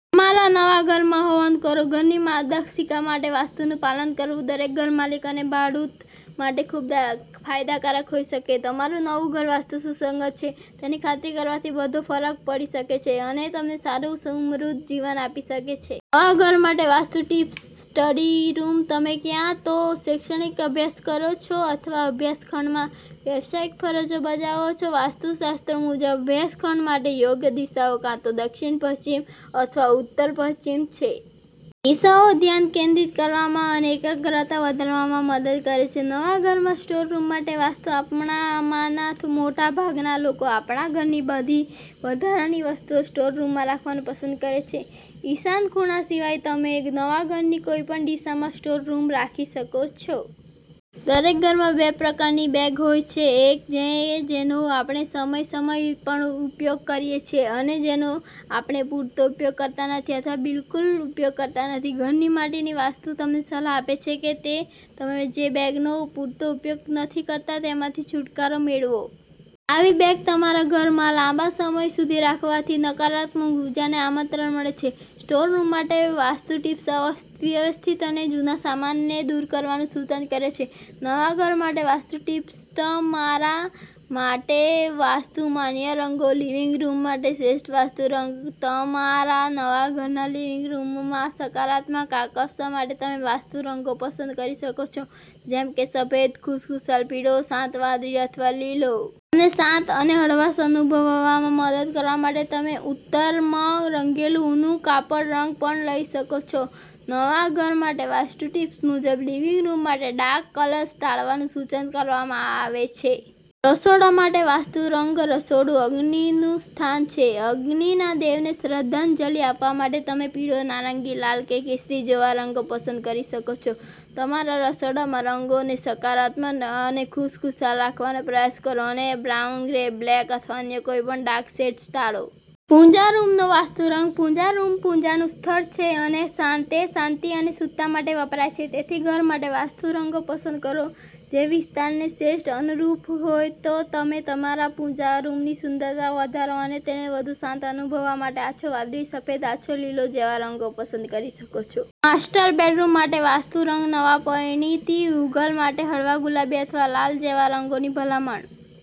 તમારા નવા ઘરમાં હવન કરો ઘરની માર્ગદર્શિકા માટે વાસ્તુનું પાલન કરવું દરેક ઘરમાલિક અને ભાડૂત માટે ખૂબ ફાયદાકારક હોઈ શકે છે. તમારું નવું ઘર વાસ્તુ સુસંગત છે તેની ખાતરી કરવાથી બધોફરક પડી શકે છે અને તમને સારું અને સમૃદ્ધ જીવન આપી શકે છે! નવા ઘર માટે વાસ્તુ ટિપ્સસ્ટડી રૂમ તમે ક્યાં તો શૈક્ષણિક અભ્યાસ કરો છો અથવા અભ્યાસ ખંડમાં વ્યાવસાયિક ફરજો બજાવો છો. વાસ્તુશાસ્ત્ર મુજબ, અભ્યાસ ખંડ માટે યોગ્ય દિશાઓ કાં તો દક્ષિણ પશ્ચિમ અથવા ઉત્તર પશ્ચિમ છે. દિશાઓ ધ્યાન કેન્દ્રિત કરવામાં અને એકાગ્રતા વધારવામાં મદદ કરે છે. નવા ઘરમાં સ્ટોર રૂમ માટે વાસ્તુ આપણામાંના મોટા ભાગના લોકો આપણા ઘરની બધી વધારાની વસ્તુઓ સ્ટોર રૂમમાં રાખવાનું પસંદ કરે છે. ઈશાન ખૂણા સિવાય તમે નવા ઘરની કોઈપણ દિશામાં સ્ટોર રૂમ રાખી શકો છો. દરેક ઘરમાં બે પ્રકારની બેગ હોય છેએક કે જેનો આપણે સમય સમય પર ઉપયોગ કરીએ છીએ અને જેનો આપણે પૂરતો ઉપયોગ કરતા નથી અથવા બિલકુલ ઉપયોગ કરતા નથી. ઘર માટેની વાસ્તુ તમને સલાહ આપે છે કે તમે જે બેગનો પૂરતો ઉપયોગ નથી કરતા તેમાંથી છૂટકારો મેળવો. આવી બેગ તમારા ઘરમાં લાંબા સમય સુધી રાખવાથી નકારાત્મક ઉર્જાને આમંત્રણ મળે છે. સ્ટોર રૂમ માટે વાસ્તુ ટિપ્સ અવ્યવસ્થિત અને જૂના સામાનને દૂર કરવાનું સૂચન કરે છે નવા ઘર માટે વાસ્તુ ટિપ્સતમારા ઘર માટે વાસ્તુ માન્ય રંગો લિવિંગ રૂમ માટે શ્રેષ્ઠ વાસ્તુ રંગતમારા નવા ઘરના લિવિંગ રૂમમાં સકારાત્મકતા આકર્ષવા માટે તમે વાસ્તુ રંગો પસંદ કરી શકો છો જેમ કે સફેદ, ખુશખુશાલ પીળો, શાંત વાદળી અથવા લીલો. તમને શાંત અને હળવાશ અનુભવવામાં મદદ કરવા માટે તમે ઉત્તમરંગેલું ઊની કાપડ રંગ પણ લઈ શકો છો. નવા ઘર માટે વાસ્તુ ટિપ્સ મુજબ, લિવિંગ રૂમ માટે ડાર્ક કલર્સ ટાળવાનું સૂચન કરવામાં આવે છે. રસોડા માટે વાસ્તુ રંગરસોડું અગ્નિનું સ્થાન છે, અને અગ્નિના દેવને શ્રદ્ધાંજલિ આપવા માટે તમે પીળો, નારંગી, લાલ કે કેસરી જેવા રંગો પસંદ કરી શકો છો. તમારા રસોડામાં રંગોને સકારાત્મક અને ખુશખુશાલ રાખવાનો પ્રયાસ કરો અને બ્રાઉન, ગ્રે, બ્લેક અથવા અન્ય કોઈપણ ડાર્ક શેડ્સ ટાળો. પૂજા રૂમનો વાસ્તુ રંગ:પૂજા રૂમ પૂજાનું સ્થળ છે અને તે શાંતિ અને શુદ્ધતા માટે વપરાય છે, તેથી ઘર માટે વાસ્તુ રંગો પસંદ કરો જેવિસ્તારને શ્રેષ્ઠ અનુરૂપ હોય. તમે તમારા પૂજા રૂમની સુંદરતા વધારવા અને તેને વધુ શાંત અનુભવવા માટે આછો વાદળી, સફેદ, આછો લીલો જેવા રંગો પસંદ કરી શકો છો. માસ્ટર બેડરૂમ માટે વાસ્તુ રંગનવા પરિણીત યુગલ માટે હળવા ગુલાબી અથવા લાલ જેવા રંગોની ભલામણ